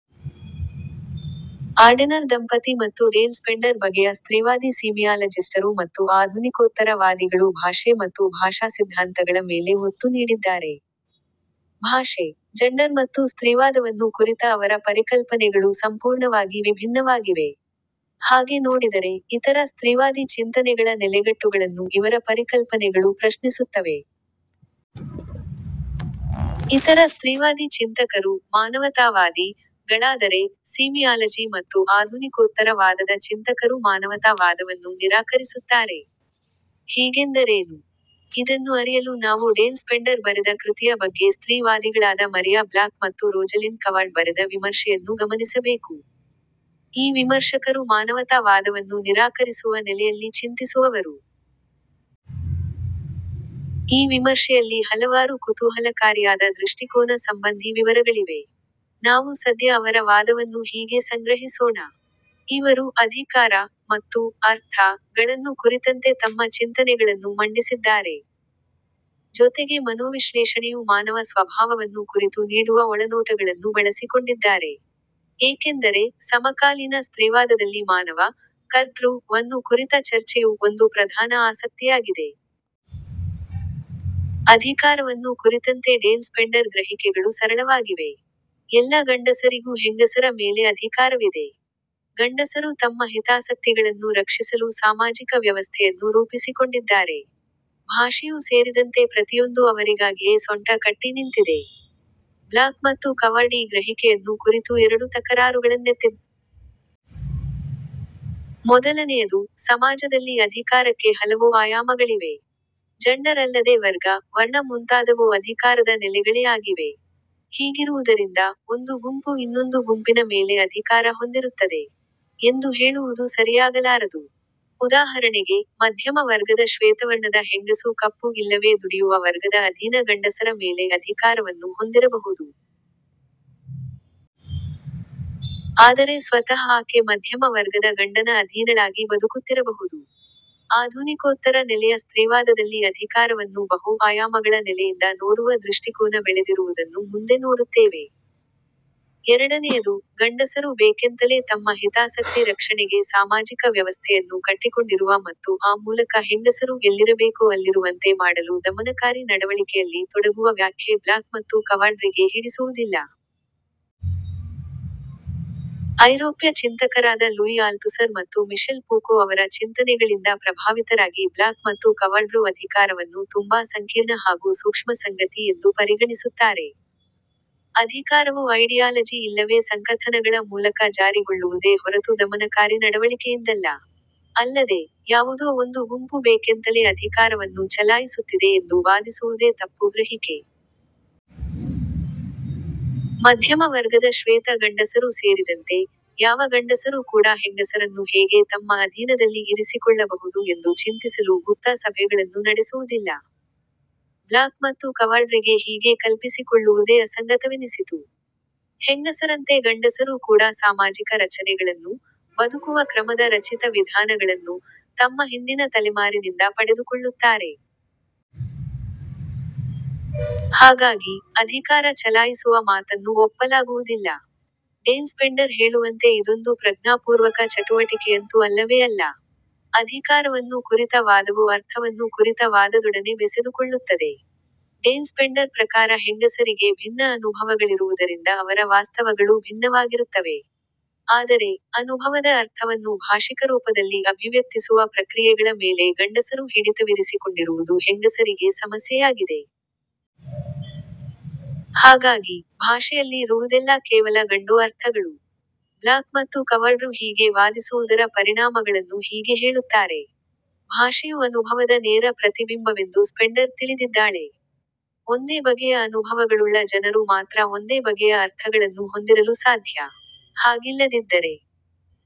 Ardener ದಂಪತಿ ಮತ್ತು Dale Splendor ಬಗೆಯ ಸ್ತ್ರೀವಾದಿ ಸೀಮಿಯಾಲಜಿಸ್ಟರು ಮತ್ತು ಆಧುನಿಕೋತ್ತರ ವಾದಿಗಳು ಭಾಷೆ ಮತ್ತು ಭಾಷಾಸಿದ್ಧಾಂತಗಳ ಮೇಲೆ ಒತ್ತು ನೀಡಿದ್ದಾರೆ. ಭಾಷೆ, ಜಂಡರ್ ಮತ್ತು ಸ್ತ್ರೀವಾದವನ್ನು ಕುರಿತ ಅವರ ಪರಿಕಲ್ಪನೆಗಳು ಸಂಪೂರ್ಣವಾಗಿ ವಿಭಿನ್ನವಾಗಿವೆ. ಹಾಗೆ ನೋಡಿದರೆ, ಇತರ ಸ್ತ್ರೀವಾದಿ ಚಿಂತನೆಗಳ ನೆಲೆಗಟ್ಟುಗಳನ್ನು ಇವರ ಪರಿಕಲ್ಪನೆಗಳು ಪ್ರಶ್ನಿಸುತ್ತವೆ. ಇತರ ಸ್ತ್ರೀವಾದಿ ಚಿಂತಕರು ''ಮಾನವತಾವಾದಿ''ಗಳಾದರೆ, ಸೀಮಿಯಾಲಜಿ ಮತ್ತು ಆಧುನಿಕೋತ್ತರ ವಾದದ ಚಿಂತಕರು ಮಾನವತಾ ವಾದವನ್ನು ನಿರಾಕರಿಸುತ್ತಾರೆ. ಹೀಗೆಂದರೇನು? ಇದನ್ನು ಅರಿಯಲು ನಾವು ಡೇಲ್ ಸ್ಪೆಂಡರ್ ಬರೆದ ಕೃತಿಯ ಬಗ್ಗೆ ಸ್ತ್ರೀ ವಾದಿಗಳಾದ ಮರಿಯಾ ಬ್ಲಾಕ್ ಮತ್ತು ರೋಜಲಿಂಡ್ ಕವಾರ್ಡ್ ಬರೆದ ವಿಮರ್ಶೆಯನ್ನು ಗಮನಿಸಬೇಕು. ಈ ವಿಮರ್ಶಕರು ಮಾನವತಾ ವಾದವನ್ನು ನಿರಾಕರಿಸುವ ನೆಲೆಯಲ್ಲಿ ಚಿಂತಿಸುವವರು. ಈ ವಿಮರ್ಶೆಯಲ್ಲಿ ಹಲವಾರು ಕುತೂಹಲಕಾರಿಯಾದ ದೃಷ್ಟಿಕೋನ ಸಂಬಂಧಿ ವಿವರಗಳಿವೆ. ನಾವು ಸದ್ಯ ಅವರ ವಾದವನ್ನು ಹೀಗೆ ಸಂಗ್ರಹಿಸೋಣ. ಇವರು ''ಅಧಿಕಾರ'' ಮತ್ತು ''ಅರ್ಥ''ಗಳನ್ನು ಕುರಿತಂತೆ ತಮ್ಮ ಚಿಂತನೆಗಳನ್ನು ಮಂಡಿಸಿದ್ದಾರೆ. ಜೊತೆಗೆ ಮನೋವಿಶ್ಲೇಷಣೆಯು ಮಾನವ ಸ್ವಭಾವವನ್ನು ಕುರಿತು ನೀಡುವ ಒಳನೋಟಗಳನ್ನು ಬಳಸಿಕೊಂಡಿದ್ದಾರೆ. ಏಕೆಂದರೆ, ಸಮಕಾಲೀನ ಸ್ತ್ರೀವಾದದಲ್ಲಿ ಮಾನವ ''ಕರ್ತೃ''ವನ್ನು ಕುರಿತ ಚರ್ಚೆಯು ಒಂದು ಪ್ರಧಾನ ಆಸಕ್ತಿಯಾಗಿದೆ. ಅಧಿಕಾರವನ್ನು ಕುರಿತಂತೆ ಡೇಲ್ ಸ್ಪೆಂಡರ್ ಗ್ರಹಿಕೆಗಳು ಸರಳವಾಗಿವೆ. ಎಲ್ಲ ಗಂಡಸರಿಗೂ ಹೆಂಗಸರ ಮೇಲೆ ಅಧಿಕಾರವಿದೆ. ಗಂಡಸರು ತಮ್ಮ ಹಿತಾಸಕ್ತಿಗಳನ್ನು ರಕ್ಷಿಸಲು ಸಾಮಾಜಿಕ ವ್ಯವಸ್ಥೆಯನ್ನು ರೂಪಿಸಿಕೊಂಡಿದ್ದಾರೆ. ಭಾಷೆಯೂ ಸೇರಿದಂತೆ ಪ್ರತಿಯೊಂದೂ ಅವರಿಗಾಗಿಯೇ ಸೊಂಟ ಕಟ್ಟಿ ನಿಂತಿದೆ. ಬ್ಲಾಕ್ ಮತ್ತು ಕವಾರ್ಡ್ ಈ ಗ್ರಹಿಕೆಯನ್ನು ಕುರಿತು ಎರಡು ತಕರಾರುಗಳನ್ನೆತ್ತಿದ್ದಾರೆ. ಮೊದಲನೆಯದು, ಸಮಾಜದಲ್ಲಿ ಅಧಿಕಾರಕ್ಕೆ ಹಲವು ಆಯಾಮಗಳಿವೆ. ಜಂಡರ್ ಅಲ್ಲದೆ ವರ್ಗ, ವರ್ಣ ಮುಂತಾದವೂ ಅಧಿಕಾರದ ನೆಲೆಗಳೇ ಆಗಿವೆ. ಹೀಗಿರುವುದರಿಂದ, ಒಂದು ಗುಂಪು ಇನ್ನೊಂದು ಗುಂಪಿನ ಮೇಲೆ ಅಧಿಕಾರ ಹೊಂದಿರುತ್ತದೆ. ಎಂದು ಹೇಳುವುದು ಸರಿಯಾಗಲಾರದು. ಉದಾಹರಣೆಗೆ, ಮಧ್ಯಮ ವರ್ಗದ ಶ್ವೇತವರ್ಣದ ಹೆಂಗಸು ಕಪ್ಪು ಇಲ್ಲವೇ ದುಡಿಯುವ ವರ್ಗದ ಅಧೀನ ಗಂಡಸರ ಮೇಲೆ ಅಧಿಕಾರವನ್ನು ಹೊಂದಿರಬಹುದು. ಆದರೆ ಸ್ವತಃ ಆಕೆ ಮಧ್ಯಮ ವರ್ಗದ ಗಂಡನ ಅಧೀನಳಾಗಿ ಬದುಕುತ್ತಿರಬಹುದು. ಆಧುನಿಕೋತ್ತರ ನೆಲೆಯ ಸ್ತ್ರೀವಾದದಲ್ಲಿ ಅಧಿಕಾರವನ್ನು ಬಹು ಆಯಾಮಗಳ ನೆಲೆಯಿಂದ ನೋಡುವ ದೃಷ್ಟಿಕೋನ ಬೆಳೆದಿರುವುದನ್ನು ಮುಂದೆ ನೋಡುತ್ತೇವೆ. ಎರಡನೆಯದು, ಗಂಡಸರು ಬೇಕೆಂತಲೇ ತಮ್ಮ ಹಿತಾಸಕ್ತಿ ರಕ್ಷಣೆಗೆ ಸಾಮಾಜಿಕ ವ್ಯವಸ್ಥೆಯನ್ನು ಕಟ್ಟಿಕೊಂಡಿರುವ ಮತ್ತು ಆ ಮೂಲಕ ಹೆಂಗಸರು ಎಲ್ಲಿರಬೇಕೋ ಅಲ್ಲಿರುವಂತೆ ಮಾಡಲು ದಮನಕಾರಿ ನಡವಳಿಕೆಯಲ್ಲಿ ತೊಡಗುವ ವ್ಯಾಖ್ಯೆ ಬ್ಲಾಕ್ ಮತ್ತು ಕವಾರ್ಡ್ರಿಗೆ ಹಿಡಿಸುವುದಿಲ್ಲ. ಐರೋಪ್ಯ ಚಿಂತಕರಾದ ಲೂಯಿ ಆಲ್ತುಸರ್ ಮತ್ತು ಮಿಶೆಲ್ ಪೂಕೋ ಅವರ ಚಿಂತನೆಗಳಿಂದ ಪ್ರಭಾವಿತರಾಗಿ ಬ್ಲಾಕ್ ಮತ್ತು ಕವಾರ್ಡ್ರು ಅಧಿಕಾರವನ್ನು ತುಂಬಾ ಸಂಕೀರ್ಣ ಹಾಗೂ ಸೂಕ್ಷ್ಮ ಸಂಗತಿ ಎಂದು ಪರಿಗಣಿಸುತ್ತಾರೆ. ಅಧಿಕಾರವು ಐಡಿಯಾಲಜಿ ಇಲ್ಲವೇ ಸಂಕಥನಗಳ ಮೂಲಕ ಜಾರಿಗೊಳ್ಳುವುದೇ ಹೊರತು ದಮನಕಾರಿ ನಡವಳಿಕೆಯಿಂದಲ್ಲ. ಅಲ್ಲದೆ, ಯಾವುದೋ ಒಂದು ಗುಂಪು ಬೇಕೆಂತಲೇ ಅಧಿಕಾರವನ್ನು ಚಲಾಯಿಸುತ್ತಿದೆ ಎಂದು ವಾದಿಸುವುದೇ ತಪ್ಪು ಗ್ರಹಿಕೆ. ಮಧ್ಯಮ ವರ್ಗದ ಶ್ವೇತ ಗಂಡಸರೂ ಸೇರಿದಂತೆ, ಯಾವ ಗಂಡಸರೂ ಕೂಡಾ ಹೆಂಗಸರನ್ನು ಹೇಗೆ ತಮ್ಮ ಅಧೀನದಲ್ಲಿ ಇರಿಸಿಕೊಳ್ಳಬಹುದು ಎಂದು ಚಿಂತಿಸಲು ಗುಪ್ತ ಸಭೆಗಳನ್ನು ನಡೆಸುವುದಿಲ್ಲ. ಬ್ಲಾಕ್ ಮತ್ತು ಕವಾರ್ಡ್ರಿಗೆ ಹೀಗೆ ಕಲ್ಪಿಸಿಕೊಳ್ಳುವುದೇ ಅಸಂಗತವೆನಿಸಿತು. ಹೆಂಗಸರಂತೆ ಗಂಡಸರೂ ಕೂಡಾ ಸಾಮಾಜಿಕ ರಚನೆಗಳನ್ನೂ, ಬದುಕುವ ಕ್ರಮದ ರಚಿತ ವಿಧಾನಗಳನ್ನೂ, ತಮ್ಮ ಹಿಂದಿನ ತಲೆಮಾರಿನಿಂದ ಪಡೆದುಕೊಳ್ಳುತ್ತಾರೆ. ಹಾಗಾಗಿ, ಅಧಿಕಾರ ಚಲಾಯಿಸುವ ಮಾತನ್ನು ಒಪ್ಪಲಾಗುವುದಿಲ್ಲ. ಡೇಲ್ ಸ್ಪೆಂಡರ್ ಹೇಳುವಂತೆ ಇದೊಂದು ಪ್ರಜ್ಞಾಪೂರ್ವಕ ಚಟುವಟಿಕೆಯಂತೂ ಅಲ್ಲವೇ ಅಲ್ಲ. ಅಧಿಕಾರವನ್ನು ಕುರಿತ ವಾದವು ಅರ್ಥವನ್ನು ಕುರಿತ ವಾದದೊಡನೆ ಬೆಸೆದುಕೊಳ್ಳುತ್ತದೆ. ಡೇಲ್ ಸ್ಪೆಂಡರ್ ಪ್ರಕಾರ ಹೆಂಗಸರಿಗೆ ಭಿನ್ನ ಅನುಭವಗಳಿರುವುದರಿಂದ ಅವರ ವಾಸ್ತವಗಳೂ ಭಿನ್ನವಾಗಿರುತ್ತವೆ. ಆದರೆ, ಅನುಭವದ ಅರ್ಥವನ್ನು ಭಾಷಿಕರೂಪದಲ್ಲಿ ಅಭಿವ್ಯಕ್ತಿಸುವ ಪ್ರಕ್ರಿಯೆಗಳ ಮೇಲೆ ಗಂಡಸರು ಹಿಡಿತವಿರಿಸಿಕೊಂಡಿರುವುದು ಹೆಂಗಸರಿಗೆ ಸಮಸ್ಯೆಯಾಗಿದೆ. ಹಾಗಾಗಿ, ಭಾಷೆಯಲ್ಲಿ ರುವುದೆಲ್ಲಾ ಕೇವಲ ಗಂಡು ಅರ್ಥಗಳು. ಬ್ಲಾಕ್ ಮತ್ತು ಕವಾರ್ಡ್ರು ಹೀಗೆ ವಾದಿಸುವುದರ ಪರಿಣಾಮಗಳನ್ನು ಹೀಗೆ ಹೇಳುತ್ತಾರೆ. ಭಾಷೆಯು ಅನುಭವದ ನೇರ ಪ್ರತಿಬಿಂಬವೆಂದು ಸ್ಪೆಂಡರ್ ತಿಳಿದಿದ್ದಾಳೆ. ಒಂದೇ ಬಗೆಯ ಅನುಭವಗಳುಳ್ಳ ಜನರು ಮಾತ್ರ ಒಂದೇ ಬಗೆಯ ಅರ್ಥಗಳನ್ನು ಹೊಂದಿರಲು ಸಾಧ್ಯ. ಹಾಗಿಲ್ಲದಿದ್ದರೆ,